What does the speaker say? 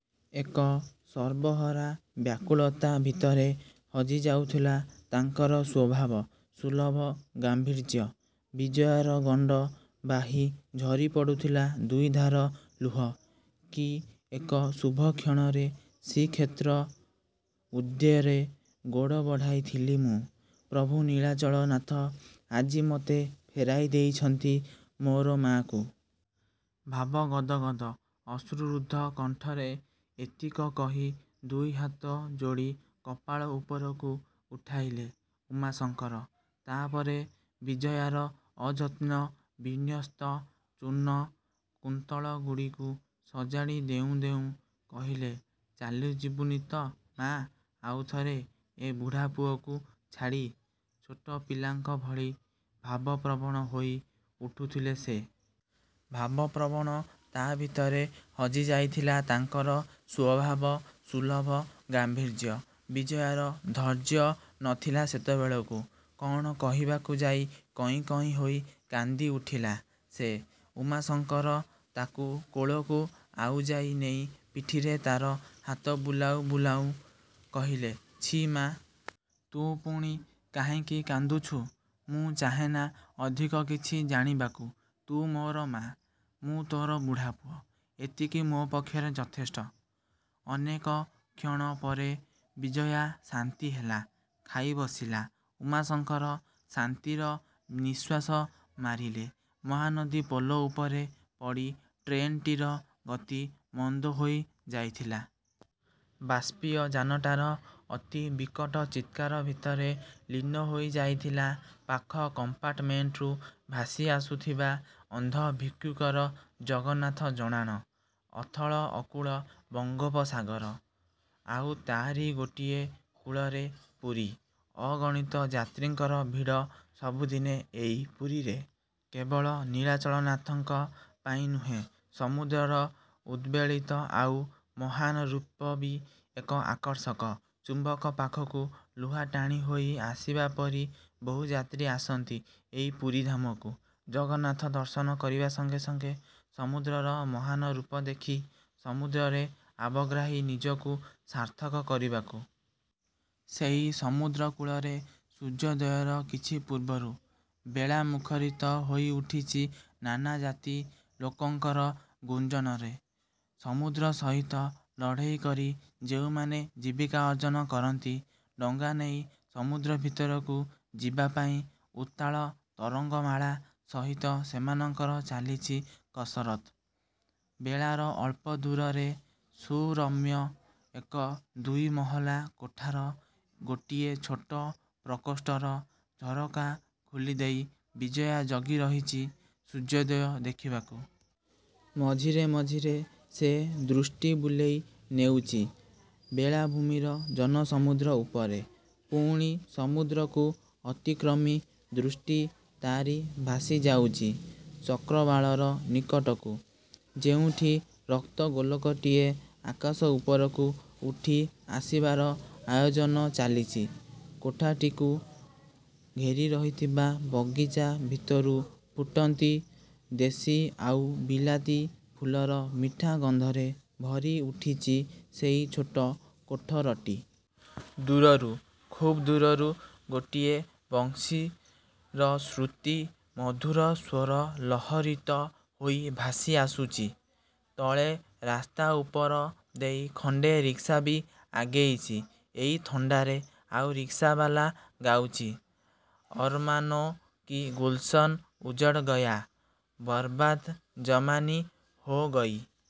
ଏକ ସର୍ବହରା ବ୍ୟାକୁଳତା ଭିତରେ ହଜି ଯାଉଥିଲା ତାଙ୍କର ସ୍ଵଭାବ ସୁଲଭ ଗାମ୍ଭୀର୍ଯ୍ୟ, ବିଜୟାର ଗଣ୍ତ ବାହି ଝରି ପଡ଼ୁଥିଲା ଦୁଇଧାର ଲୁହ। "କି ଏକ ଶୁଭକ୍ଷଣରେ ଶ୍ରୀକ୍ଷେତ୍ର ଉଦ୍ଦ୍ୟେରେ ଗୋଡ଼ ବଢ଼ାଇଥିଲି ମୁଁ, ପ୍ରଭୁ ନିଳାଚଳ ନାଥ ଆଜି ମୋତେ ଫେରାଇ ଦେଇଛନ୍ତି ମୋର ମା'କୁ। '' ଭାବ ଗଦ ଗଦ, ଅଶ୍ରୁରୁଦ୍ଧ କଣ୍ଠରେ ଏତିକ କହି, ଦୁଇ ହାତ ଯୋଡ଼ି କପାଳ ଉପରକୁ ଉଠାଇଲେ ଉମାଶଙ୍କର। ତା'ପରେ ବିଜୟାର ଅଯତ୍ନ ବିନ୍ୟସ୍ତ ଚୂର୍ଣ୍ଣକୁନ୍ତଳଗୁଡ଼ିକୁ ସଜାଡ଼ି ଦେଉଁ ଦେଉଁ କହିଲେ—"ଚାଲି ଯିବୁନି ତ ମା' ଆଉଥରେ ଏ ବୁଢ଼ାପୁଅକୁ ଛାଡ଼ି। '' ଛୋଟ ପିଲାଙ୍କ ଭଳି ଭାବ ପ୍ରବଣ ହୋଇ ଉଠୁଥିଲେ ସେ। ଭାବ ପ୍ରବଣ ତା ଭିତରେ ହଜି ଯାଇଥିଲା ତାଙ୍କର ସ୍ଵଭାବ ସୁଲଭ ଗାମ୍ଭୀର୍ଯ୍ୟ। ବିଜୟାର ଧୈର୍ଯ୍ୟ ନ ଥିଲା ସେତେବେଳକୁ। କ'ଣ କହିବାକୁ ଯାଇ କଇଁ କଇଁ ହୋଇ କାନ୍ଦି ଉଠିଲା ସେ। ଉମାଶଙ୍କର ତାକୁ କୋଳକୁ ଆଉଜାଇ ନେଇ ପିଠିରେ ତା'ର ହାତ ବୁଲାଉ ବୁଲାଉ କହିଲେ— "ଛି ମା! ତୁ ପୁଣି କାହିଁକି କାନ୍ଦୁଛୁ। ମୁଁ ଚାହେଁନା ଅଧିକ କିଛି ଜାଣିବାକୁ। ତୁ ମୋର ମା-। ମୁଁ ତୋର ବୁଢ଼ାପୁଅ। ଏତିକି ମୋ ପକ୍ଷରେ ଯଥେଷ୍ଟ। '' ଅନେକ କ୍ଷଣ ପରେ ବିଜୟା ଶାନ୍ତି ହେଲା। ଖାଇ ବସିଲା। ଉମାଶଙ୍କର ଶାନ୍ତିର ନିଶ୍ଵାସ ମାରିଲେ। ମହାନଦୀ ପୋଲ ଉପରେ ପଡ଼ି ଟ୍ରେନଟିର ଗତି ମନ୍ଦ ହୋଇ ଯାଇଥିଲା। ବାଷ୍ପିୟ ଯାନଟାର ଅତି ବିକଟ ଚିତ୍କାର ଭିତରେ ଲୀନ ହୋଇ ଯାଇଥିଲା ପାଖ କମ୍ପାର୍ଟମେଣ୍ଟରୁ ଭାସି ଆସୁଥିବା ଅନ୍ଧ ଭିକ୍ଷୁକର ଜଗନ୍ନାଥ ଜଣାଣ। ଅଥଳ ଅକୂଳ ବଙ୍ଗୋପ ସାଗର… ଆଉ ତା'ରି ଗୋଟିଏ କୂଳରେ ପୁରୀ। ଅଗଣିତ ଯାତ୍ରୀଙ୍କର ଭିଡ଼ ସବୁଦିନେ ଏଇ ପୁରୀରେ, କେବଳ ନୀଳାଚଳନାଥଙ୍କ ପାଇଁ ନୁହେଁ ସମୁଦ୍ରର ଉଦବେଳିତ ଆଉ ମହାନ୍ ରୂପ ବି ଏକ ଆକର୍ଷକ, ଚୁମ୍ଵକ ପାଖକୁ ଲୁହାଟାଣି ହୋଇ ଆସିବା ପରି ବହୁଯାତ୍ରୀ ଆସନ୍ତି ଏଇ ପୁରୀଧାମକୁ, ଜଗନ୍ନାଥ ଦର୍ଶନ କରିବା ସଙ୍ଗେ ସଙ୍ଗେ, ସମୁଦ୍ରର ମହାନ୍ ରୂପ ଦେଖି, ସମୁଦ୍ରରେ ଆବଗ୍ରାହି ନିଜକୁ ସାର୍ଥକ କରିବାକୁ। ସେଇ ସମୁଦ୍ର କୂଳରେ ସୂର୍ଯ୍ୟୋଦୟର କିଛି ପୂର୍ବରୁ…..। ବେଳା ମୁଖରିତ ହୋଇ ଉଠିଚି ନାନା ଜାତି ଲୋକଙ୍କର ଗୁଞ୍ଜନରେ। ସମୁଦ୍ର ସହିତ ଲଢ଼େଇ କରି ଯେଉଁମାନେ ଜୀବିକା ଅର୍ଜନ କରନ୍ତି, ଡଙ୍ଗାନେଇ ସମୁଦ୍ର ଭିତରକୁ ଯିବାପାଇଁ ଉତ୍ତାଳ ତରଙ୍ଗମାଳା ସହିତ ସେମାନଙ୍କର ଚାଲିଛି କସରତ୍। ବେଳାର ଅଳ୍ପ ଦୂରରେ ସୁରମ୍ୟ ଏକ ଦୁଇମହଲା କୋଠାର ଗୋଟିଏ ଛୋଟ ପ୍ରକୋଷ୍ଠର ଝରକା ଖୋଲିଦେଇ ବିଜୟା ଜଗି ରହିଚି ସୂର୍ଯ୍ୟୋଦୟ ଦେଖିବାକୁ। ମଝିରେ ମଝିରେ ସେ ଦୃଷ୍ଟି ବୁଲେଇ ନେଉଚି ବେଳା ଭୂମିର ଜନ ସମୁଦ୍ର ଉପରେ। ପୁଣି ସମୁଦ୍ରକୁ ଅତିକ୍ରମି ଦୃଷ୍ଟି ତା'ରି ଭାଷି ଯାଉଚି ଚକ୍ରବାଳର ନିକଟକୁ, ଯେଉଁଠି ରକ୍ତ ଗୋଲକଟିଏ ଆକାଶ ଉପରକୁ ଉଠି ଆସିବାର ଆୟୋଜନ ଚାଲିଚି। କୋଠାଟିକୁ ଘେରି ରହିଥିବା ବଗିଚା ଭିତରୁ ଫୁଟନ୍ତି ଦେଶୀ ଆଉ ବିଲାତି ଫୁଲର ମିଠା ଗନ୍ଧରେ ଭରି ଉଠିଚି ସେଇ ଛୋଟ କୋଠରଟି। ଦୂରରୁ….. ଖୁବ୍ ଦୂରରୁ ଗୋଟିଏ ବଂଶୀର ଶ୍ରୁତି ମଧୁର ସ୍ଵର ଲହରୀତ ହେଇ ଭାଷି ଆସୁଚି। ତଳେ ରାସ୍ତା ଉପର ଦେଇ ଖଣ୍ତେ ରିକ୍ସା ବି ଆଗେଇଚି ଏଇ ଥଣ୍ତାରେ, ଆଉ ରିକ୍ସା ବାଲା ଗାଉଚି… "ଅରମାନୋ କି ଗୁଲ୍ସନ ଉଜଡ଼ ଗୟା, ବର୍ବାଦ ଜମାନୀ ହୋ ଗଇ…